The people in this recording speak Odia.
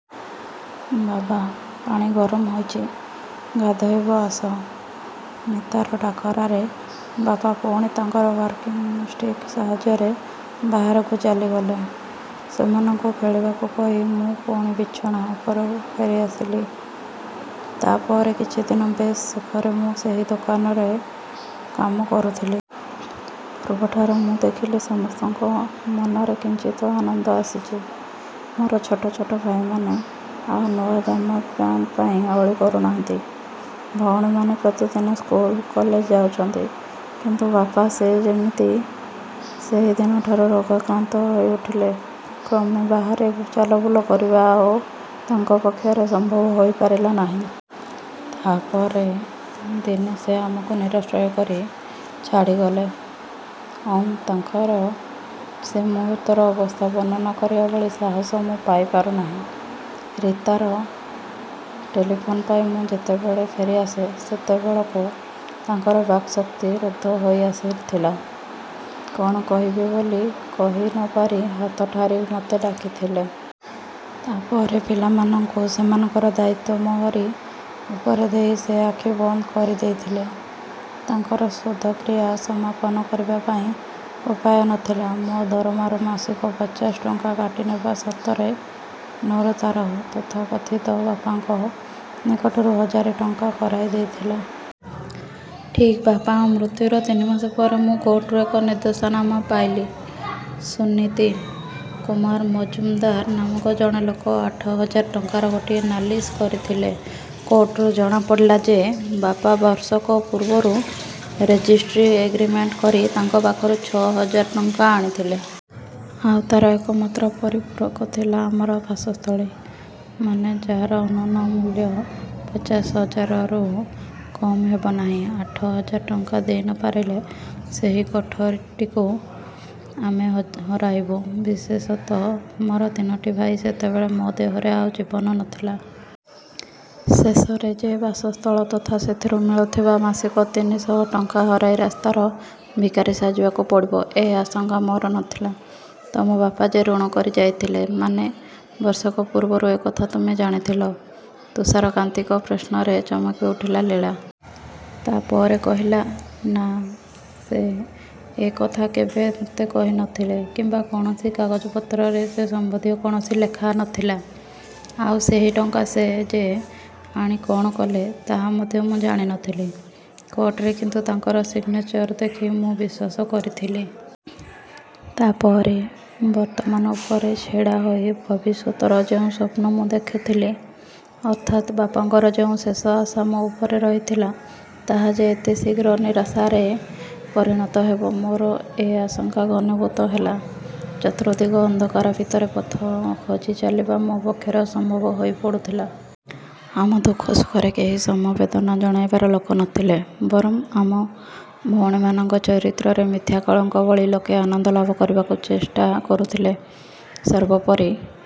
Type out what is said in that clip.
ବାବା, ପାଣି ଗରମ ହୋଇଛି, ଗାଧୋଇବ ଆସ। ମୀତାର ଡାକରାରେ ବାପା ପୁଣି ତାଙ୍କର ୱାକିଂ ଷ୍ଟିକ୍ ସାହାଯ୍ୟରେ ବାହାରକୁ ଚାଲିଗଲେ। ସେମାନଙ୍କୁ ଖେଳିବାକୁ କହି ମୁଁ ପୁଣି ବିଛଣା ଉପରକୁ ଫେରିଆସିଲି। ତା ପରେ କିଛିଦିନ ବେଶ୍ ସୁଖରେ ମୁଁ ସେହି ଦୋକାନରେ କାମ କରୁଥିଲି। ପୂର୍ବଠାରୁ ମୁଁ ଦେଖିଲି ସମସ୍ତଙ୍କ ମନରେ କିଞ୍ଚିତ୍ ଆନନ୍ଦ ଆସିଛି। ମୋର ଛୋଟ ଛୋଟ ଭାଇମାନେ ଆଉ ନୂଆ ଜାମା ପ୍ୟାଣ୍ଟ ପାଇଁ ଅଳି କରୁନାହାନ୍ତି। ଭଉଣୀମାନେ ପ୍ରତିଦିନ ସ୍କୁଲ, କଲେଜ ଯାଉଛନ୍ତି। କିନ୍ତୁ ବାପା, ସେ ଯେମିତି ସେହି ଦିନଠାରୁ ରୋଗାକ୍ରାନ୍ତ ହୋଇଉଠିଲେ। କ୍ରମେ ବାହାରେ ଚାଲବୁଲ କରିବା ଆଉ ତାଙ୍କ ପକ୍ଷରେ ସମ୍ଭବ ହୋଇପାରିଲା ନାହିଁ। ତା ପରେ ଦିନେ ସେ ଆମକୁ ନିରାଶ୍ରୟ କରି ଛାଡ଼ିଗଲେ। ଓଃ, ତାଙ୍କର ସେ ମୁହୂର୍ତ୍ତର ଅବସ୍ଥା ବର୍ଣ୍ଣନା କରିବା ଭଳି ସାହସ ମୁଁ ପାଇପାରୁନାହିଁ। ରୀତାର ଟେଲିଫୋନ୍ ପାଇ ମୁଁ ଯେତେବେଳେ ଫେରିଆସେ, ସେତେବେଳକୁ ତାଙ୍କର ବାକ୍‌ଶକ୍ତି ରୁଦ୍ଧ ହୋଇ ଆସିଥିଲା। କଣ କହିବେ ବୋଲି କହି ନ ପାରି ହାତ ଠାରି ମୋତେ ଡାକିଥିଲେ। ତା ପରେ ପିଲାମାନଙ୍କୁ। ସେମାନଙ୍କର ଦାୟିତ୍ୱ ମୋହରି ଉପରେ ଦେଇ ସେ ଆଖି ବନ୍ଦ କରିଦେଇଥିଲେ। ତାଙ୍କର ଶୁଦ୍ଧକ୍ରିୟା ସମାପନ କରିବା ପାଇଁ ଉପାୟ ନଥିଲା। ମୋ ଦରମାରୁ ମାସିକ ପଚାଶ ଟଙ୍କା କାଟିନେବା ସର୍ତ୍ତରେ ନୁରୁ ତାର ତଥାକଥିତ ବାପାଙ୍କ ନିକଟରୁ ହଜାରେ ଟଙ୍କା କରାଇ ଦେଇଥିଲା। ଠିକ୍ ବାପାଙ୍କ ମୃତ୍ୟୁର ତିନି ମାସ ପରେ ମୁଁ କୋର୍ଟରୁ ଏକ ନିର୍ଦ୍ଦେଶନାମା ପାଇଲି। ସୁନୀତି କୁମାର ମଜୁମଦାର ନାମକ ଜଣେ ଲୋକ ଆଠ ହଜାର ଟଙ୍କାର ଗୋଟାଏ ନାଲିସ୍ କରିଥିଲେ। କୋର୍ଟରୁ ଜଣାପଡ଼ିଲା ଯେ, ବାପା ବର୍ଷକ ପୂର୍ବରୁ ରେଜିଷ୍ଟ୍ରି ଏଗ୍ରିମେଣ୍ଟ କରି ତାଙ୍କ ପାଖରୁ ଛ' ହଜାର ଟଙ୍କା ଆଣିଥିଲେ। ଆଉ ତାର ଏକମାତ୍ର ପରିପୂରକ ଥିଲା ଆମର ବାସସ୍ଥଳୀ, ମାନେ, ଯାହାର ଅନ୍ୟୂନ ମୂଲ୍ୟ ପଚାଶ ହଜାରରୁ କମ୍ ହେବ ନାହିଁ। ଆଠ ହଜାର ଟଙ୍କା ଦେଇ ନ ପାରିଲେ, ସେହି କୋଠାଟିକୁ ଆମେ ହରାଇବୁ। ବିଶେଷତଃ ମୋର ତିନୋଟି ଭାଇ, ସେତେବେଳେ ମୋ ଦେହରେ ଆଉ ଜୀବନ ନଥିଲା। ଶେଷରେ ଯେ ବାସସ୍ଥଳ ତଥା ସେଥିରୁ ମିଳୁଥିବା ମାସିକ ତିନି ଶହ ଟଙ୍କା ହରାଇ ରାସ୍ତାର ଭିକାରୀ ସାଜିବାକୁ ପଡ଼ିବ, ଏ ଆଶଙ୍କା ମୋର ନଥିଲା। ତମ ବାପା ଯେ ଋଣ କରି ଯାଇଥିଲେ, ମାନେ ବର୍ଷକ ପୂର୍ବରୁ ଏ କଥା ତମେ ଜାଣିଥିଲ? ତୁଷାରକାନ୍ତିଙ୍କ ପ୍ରଶ୍ନରେ ଚମକିଉଠିଲା ଲୀଳା। ତା ପରେ କହିଲା, ନା, ସେ ଏ କଥା କେବେ ମୋତେ କହିନଥିଲେ କିମ୍ବା କୌଣସି କାଗଜପତ୍ରରେ ସେ ସମ୍ବନ୍ଧୀୟ କୌଣସି ଲେଖା ନଥିଲା। ଆଉ ସେହି ଟଙ୍କା ସେ ଯେ ଆଣି କଣ କଲେ, ତାହା ମଧ୍ୟ ମୁଁ ଜାଣିନଥିଲି। କୋର୍ଟରେ କିନ୍ତୁ ତାଙ୍କର ସିଗ୍ନେଚର ଦେଖି ମୁଁ ବିଶ୍ୱାସ କରିଥିଲି। ତା ପରେ? ବର୍ତ୍ତମାନ ଉପରେ ଛିଡ଼ା ହୋଇ ଭବିଷ୍ୟତର ଯେଉଁ ସ୍ୱପ୍ନ ମୁଁ ଦେଖୁଥିଲି, ଅର୍ଥାତ୍ ବାପାଙ୍କର ଯେଉଁ ଶେଷ ଆଶା ମୋ ଉପରେ ରହିଥିଲା, ତାହା ଯେ ଏତେ ଶୀଘ୍ର ନିରାଶାରେ ପରିଣତ ହେବ, ମୋର ଏ ଆଶଙ୍କା ଘନୀଭୂତ ହେଲା। ଚତୁର୍ଦ୍ଦିଗ ଅନ୍ଧକାର ଭିତରେ ପଥ ଖୋଜି ଚାଲିବା ମୋ ପକ୍ଷରେ ଅସମ୍ଭବ ହୋଇପଡ଼ୁଥିଲା। ଆମ ଦୁଃଖ ସୁଖରେ କେହି ସମବେଦନା ଜଣାଇବାର ଲୋକ ନଥିଲେ। ବରଂ ଆମ ଭଉଣୀମାନଙ୍କ ଚରିତ୍ରରେ ମିଥ୍ୟା କଳଙ୍କ ବୋଳି ଲୋକେ ଆନନ୍ଦଲାଭ କରିବାକୁ ଚେଷ୍ଟା କରୁଥିଲେ। ସର୍ବୋପରି